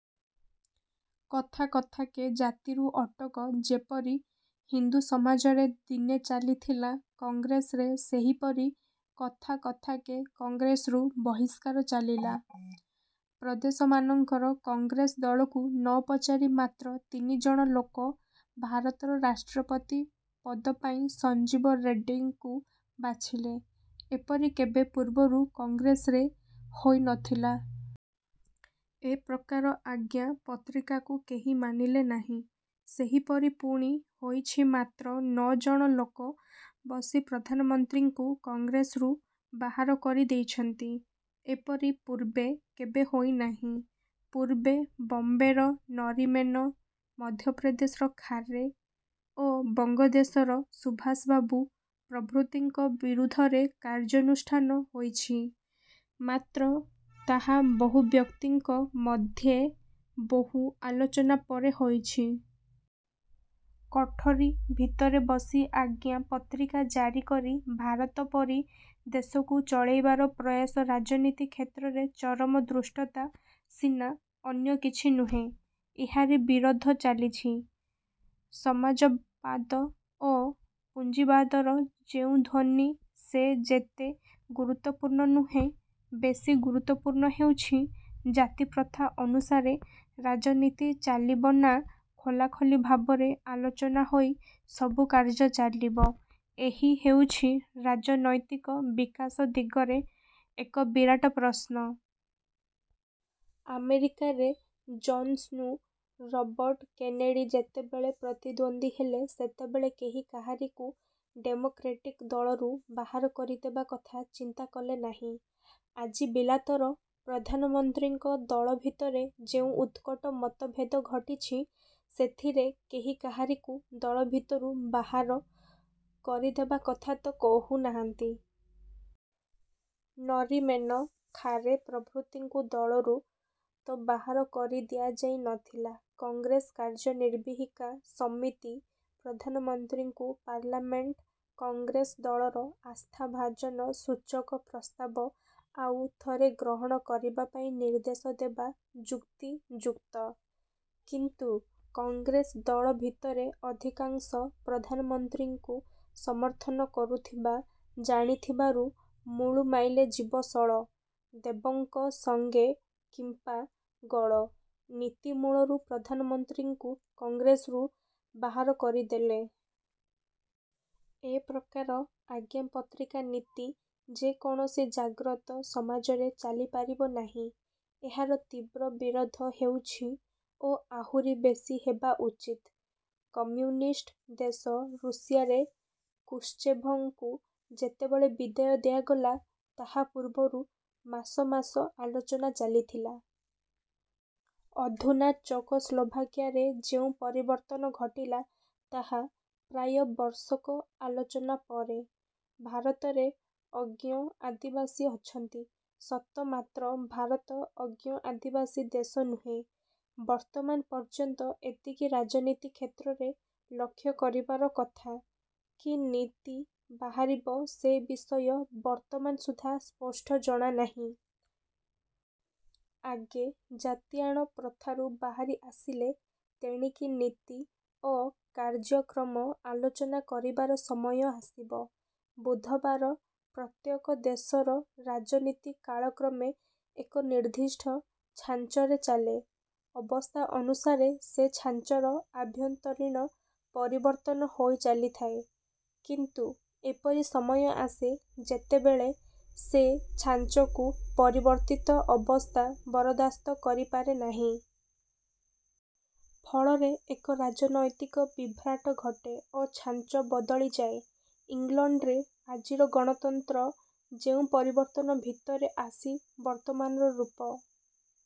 କଥା କଥାକେ ଜାତିରୁ ଅଟକ ଯେପରି ହିନ୍ଦୁ ସମାଜରେ ଦିନେ ଚାଲିଥିଲା, କଂଗ୍ରେସରେ ସେହିପରି କଥା କଥାକେ କଂଗ୍ରେସରୁ ବହିଷ୍କାର ଚାଲିଲା। ପ୍ରଦେଶମାନଙ୍କର କଂଗ୍ରେସ ଦଳକୁ ନ ପଚାରି ମାତ୍ର ତିନିଜଣ ଲୋକ ଭାରତର ରାଷ୍ଟ୍ରପତି ପଦ ପାଇଁ ସଞ୍ଜୀବ ରେଡ଼ିଙ୍କୁ ବାଛିଲେ। ଏପରି କେବେ ପୂର୍ବରୁ କଂଗ୍ରେସରେ ହୋଇ ନଥିଲା। ଏ ପ୍ରକାର ଆଜ୍ଞା ପତ୍ରିକାକୁ କେହି ମାନିଲେ ନାହିଁ। ସେହିପରି ପୁଣି ହୋଇଛି ମାତ୍ର ନଅଜଣ ଲୋକ ବସି ପ୍ରଧାନମନ୍ତ୍ରୀଙ୍କୁ କଂଗ୍ରେସରୁ ବାହାର କରି ଦେଇଛନ୍ତି। ଏପରି ପୂର୍ବେ କେବେ ହୋଇନାହିଁ। ପୂର୍ବେ ବମ୍ବେର ନରିମେନ, ମଧ୍ୟପ୍ରଦେଶର ଖାରେ ଓ ବଙ୍ଗଦେଶର ସୁଭାଷବାବୁ ପ୍ରଭୃତିଙ୍କ ବିରୁଦ୍ଧରେ କାର୍ଯ୍ୟାନୁଷ୍ଠାନ ହୋଇଛି; ମାତ୍ର ତାହା ବହୁବ୍ୟକ୍ତିଙ୍କ ମଧ୍ୟେ ବହୁ ଆଲୋଚନା ପରେ ହୋଇଛି। କୋଠରୀ ଭିତରେ ବସି ଆଜ୍ଞା ପତ୍ରିକା ଜାରି କରି ଭାରତ ପରି ଦେଶକୁ ଚଳାଇବାର ପ୍ରୟାସ ରାଜନୀତି କ୍ଷେତ୍ରରେ ଚରମ ଧୃଷ୍ଟତା ସିନା ଅନ୍ୟ କିଛି ନୁହେଁ। ଏହାରି ବିରୋଧ ଚାଲିଛି। ସମାଜବାଦ ଓ ପୁଞ୍ଜିବାଦର ଯେଉଁ ଧ୍ୱନି ସେ ଯେତେ ଗୁରୁତ୍ୱପୂର୍ଣ୍ଣ ନୁହେଁ, ବେଶି ଗୁରୁତ୍ୱପୂର୍ଣ୍ଣ ହେଉଛି, ଜାତିପ୍ରଥା ଅନୁସାରେ ରାଜନୀତି ଚାଲିବ ନାଁ ଖୋଲାଖୋଲି ଭାବରେ ଆଲୋଚନା ହୋଇ ସବୁ କାର୍ଯ୍ୟ ଚାଲିବ- ଏହି ହେଉଛି ରାଜନୈତିକ ବିକାଶ ଦିଗରେ ଏକ ବିରାଟ ପ୍ରଶ୍ନ। ଆମେରିକାରେ ଜୋନ୍ସନ୍ଙ୍କୁ ରବର୍ଟ କେନେଡ଼ି ଯେତେବେଳେ ପ୍ରତିଦ୍ୱନ୍ଦ୍ୱୀ ହେଲେ, ସେତେବେଳେ କେହି କାହାରିକୁ ଡେମୋକ୍ରେଟିକ୍ ଦଳରୁ ବାହାର କରିଦେବା କଥା ଚିନ୍ତା କଲେନାହିଁ। ଆଜି ବିଲାତର ପ୍ରଧାନମନ୍ତ୍ରୀଙ୍କ ଦଳ ଭିତରେ ଯେଉଁ ଉତ୍କଟ ମତଭେଦ ଘଟିଛି, ସେଥିରେ କେହି କାହାରିକୁ ଦଳ ଭିତରୁ ବାହାର କରିଦେବା କଥା ତ କହୁନାହାନ୍ତି। ନରିମେନ, ଖାରେ ପ୍ରଭୃତିଙ୍କୁ ଦଳରୁ ତ ବାହାର କରି ଦିଆଯାଇ ନଥିଲା। କଂଗ୍ରେସ କାର୍ଯ୍ୟନିର୍ବାହିକା ସମିତି ପ୍ରଧାନମନ୍ତ୍ରୀଙ୍କୁ ପାର୍ଲାମେଣ୍ଟ କଂଗ୍ରେସ ଦଳର ଆସ୍ଥାଭାଜନ ସୂଚକ ପ୍ରସ୍ତାବ ଆଉ ଥରେ ଗ୍ରହଣ କରିବାପାଇଁ ନିର୍ଦ୍ଦେଶ ଦେବା ଯୁକ୍ତିଯୁକ୍ତ; କିନ୍ତୁ କଂଗ୍ରେସ ଦଳ ଭିତରେ ଅଧିକାଂଶ ପ୍ରଧାନମନ୍ତ୍ରୀଙ୍କୁ ସମର୍ଥନ କରୁଥିବା ଜାଣିଥିବାରୁ ''ମୁଳୁ ମାଇଲେ ଯିବ ଶଳ, ଦେବଙ୍କ ସଙ୍ଗେ କିମ୍ପା ଗୋଳ'' ନୀତି ମୂଳରୁ ପ୍ରଧାନମନ୍ତ୍ରୀଙ୍କୁ କଂଗ୍ରେସରୁ ବାହାର କରିଦେଲେ। ଏ ପ୍ରକାର ''ଆଜ୍ଞା ପତ୍ରିକା ନୀତି'' ଯେ କୌଣସି ଜାଗ୍ରତ ସମାଜରେ ଚାଲିପାରିବ ନାହିଁ। ଏହାର ତୀବ୍ର ବିରୋଧ ହେଉଛି ଓ ଆହୁରି ବେଶି ହେବା ଉଚିତ। କମ୍ୟୁନିଷ୍ଟ ଦେଶ ରୁଷିଆରେ କୁଶ୍ଚେଭଙ୍କୁ ଯେତେବେଳେ ବିଦାୟ ଦିଆଗଲା ତାହା ପୂର୍ବରୁ ମାସ ମାସ ଆଲୋଚନା ଚାଲିଥିଲା। ଅଧୁନା ଚେକୋସ୍ଲୋଭାକିଆରେ ଯେଉଁ ପରିବର୍ତ୍ତନ ଘଟିଲା, ତାହା ପ୍ରାୟ ବର୍ଷକ ଆଲୋଚନା ପରେ। ଭାରତରେ ଅଜ୍ଞ ଆଦିବାସୀ ଅଛନ୍ତି ସତ ମାତ୍ର ଭାରତ ଅଜ୍ଞ ଆଦିବାସୀ ଦେଶ ନୁହେଁ। ବର୍ତ୍ତମାନ ପର୍ଯ୍ୟନ୍ତ ଏତିକି ରାଜନୀତି କ୍ଷେତ୍ରରେ ଲକ୍ଷ୍ୟ କରିବାର କଥା। କି ନୀତି ବାହାରିବ ସେ ବିଷୟ ବର୍ତ୍ତମାନ ସୁଦ୍ଧା ସ୍ପଷ୍ଟ ଜଣାନାହିଁ। ଆଗେ ଜାତିଆଣ ପ୍ରଥାରୁ ବାହାରି ଆସିଲେ ତେଣିକି ନୀତି ଓ କାର୍ଯ୍ୟକ୍ରମ ଆଲୋଚନା କରିବାର ସମୟ ଆସିବ। ବୁଧବାର ପ୍ରତ୍ୟେକ ଦେଶର ରାଜନୀତି କାଳକ୍ରମେ ଏକ ନିର୍ଦ୍ଦିଷ୍ଟ ଛାଞ୍ଚରେ ଚାଲେ। ଅବସ୍ଥା ଅନୁସାରେ ସେ ଛାଞ୍ଚର ଆଭ୍ୟନ୍ତରୀଣ ପରିବର୍ତ୍ତନ ହୋଇ ଚାଲିଥାଏ; କିନ୍ତୁ ଏପରି ସମୟ ଆସେ, ଯେତେବେଳେ ସେ ଛାଞ୍ଚକୁ ପରିବର୍ତ୍ତିତ ଅବସ୍ଥା ବରଦାସ୍ତ କରିପାରେ ନାହିଁ। ଫଳରେ ଏକ ରାଜନୈତିକ ବିଭ୍ରାଟ ଘଟେ ଓ ଛାଞ୍ଚ ବଦଳିଯାଏ। ଇଂଲଣ୍ଡରେ ଆଜିର ଗଣତନ୍ତ୍ର ଯେଉଁ ପରିବର୍ତ୍ତନ ଭିତରେ ଆସି ବର୍ତ୍ତମାନର ରୂପ